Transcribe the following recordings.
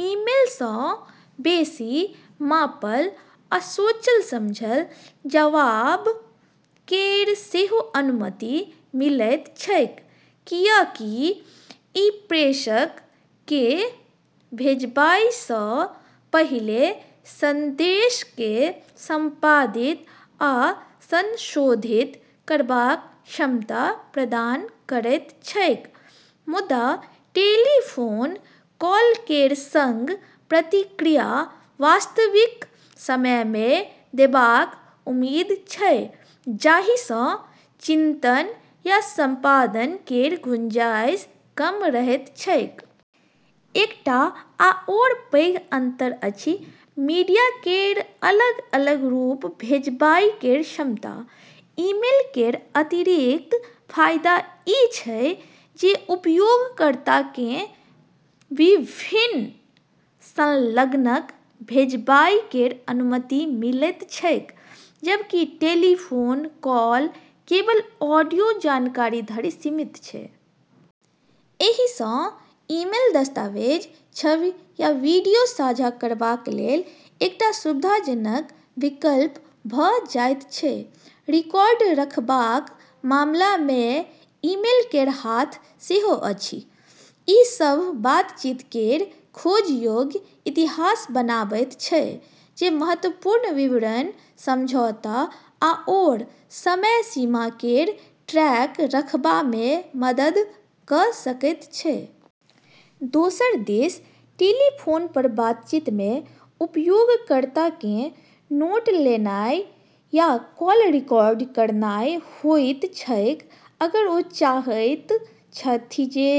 Email सँ बेसि मापल आ सोचल-समझल जवाब केर सेहो अनुमति मिलैत छैक, कियाकि ई प्रेषक केँ भेजबाय सँ पहिले संदेश केँ संपादित आ संशोधित करबाक क्षमता प्रदान करैत छैक। मुदा टेलीफोन कॉल केर संग प्रतिक्रिया वास्तविक समय मे देबाक उम्मीद छै, जाहि सँ चिंतन या संपादन केर गुंजाइश कम रहैत छैक। एकटा आओर पैघ अंतर अछि मीडिया केर अलग-अलग रूप भेजबाय केर क्षमता। ईमेल केर अतिरिक्त फायदा ई छै जे उपयोगकर्ता केँ विभिन्न संलग्नक भेजबाय केर अनुमति मिलैत छैक, जबकि टेलीफोन कॉल केवल ऑडियो जानकारी धरि सीमित छै। एहि सँ ईमेल दस्तावेज, छवि, या वीडियो साझा करबाक लेल एकटा सुविधाजनक विकल्प भऽ जाइत छै। रिकॉर्ड रखबाक मामला मे ईमेल केर हाथ सेहो अछि। ई सभ बातचीत केर खोज योग्य इतिहास बनाबैत छै, जे महत्वपूर्ण विवरण, समझौता आओर समय सीमा केर ट्रैक रखबा मे मदद कऽ सकैत छै। दोसर दिस टेलीफोन पर बातचीत मे उपयोगकर्ता केँ नोट लेनाइ या कॉल रिकॉर्ड करनाइ होइत छैक अगर ओ चाहैत छथि जे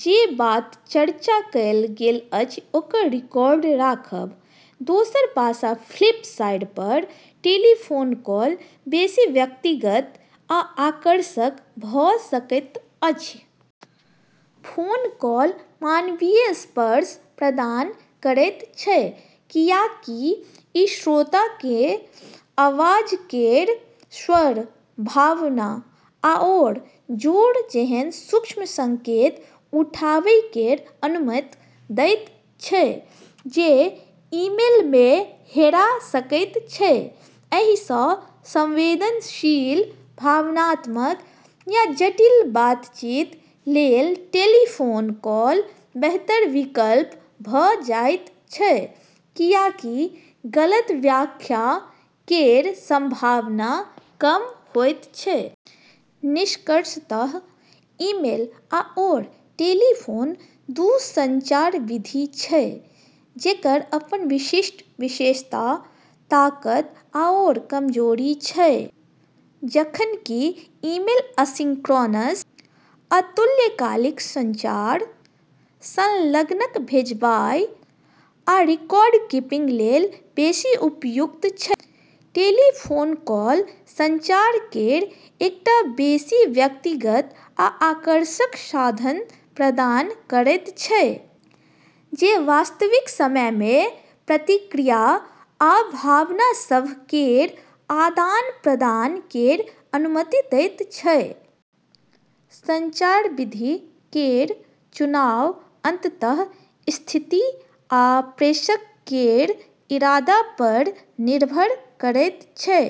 जे बात चर्चा कएल गेल अछि ओकर रिकॉर्ड राखब। दोसर पासा फ्लिप साइड पर टेलीफोन कॉल बेसी व्यक्तिगत आ आकर्षक भऽ सकैत अछि। फोन कॉल मानवीय स्पर्श प्रदान करैत छै, कियाकि ई श्रोता केँ आवाज केर स्वर, भावना, आओर जोर जेहन सूक्ष्म संकेत उठाबै केर अनुमति दैत छै, जे ईमेल मे हेरा सकैत छै। एहि सँ संवेदनशील, भावनात्मक या जटिल बातचीत लेल टेलीफोन कॉल बेहतर विकल्प भऽ जाइत छै, कियाकि गलत व्याख्या केर संभावना कम होइत छै। निष्कर्षतः ईमेल आओर टेलीफोन दू संचार विधि छै जेकर अपन विशिष्ट विशेषता, ताकत आओर कमजोरी छै। जखन कि ईमेल असिंक्रोनस अतुल्यकालिक संचार, संलग्नक भेजबाय, आ रिकॉर्ड-कीपिंग लेल बेसि उपयुक्त छै; टेलीफोन कॉल संचार केर एकटा बेसि व्यक्तिगत आ आकर्षक साधन प्रदान करैत छै जे वास्तविक समय मे प्रतिक्रिया आ भावना सभ केर आदान-प्रदान केर अनुमति दैत छै। संचार विधि केर चुनाव अंततः स्थिति आ प्रेषक केर इरादा पर निर्भर करैत छै।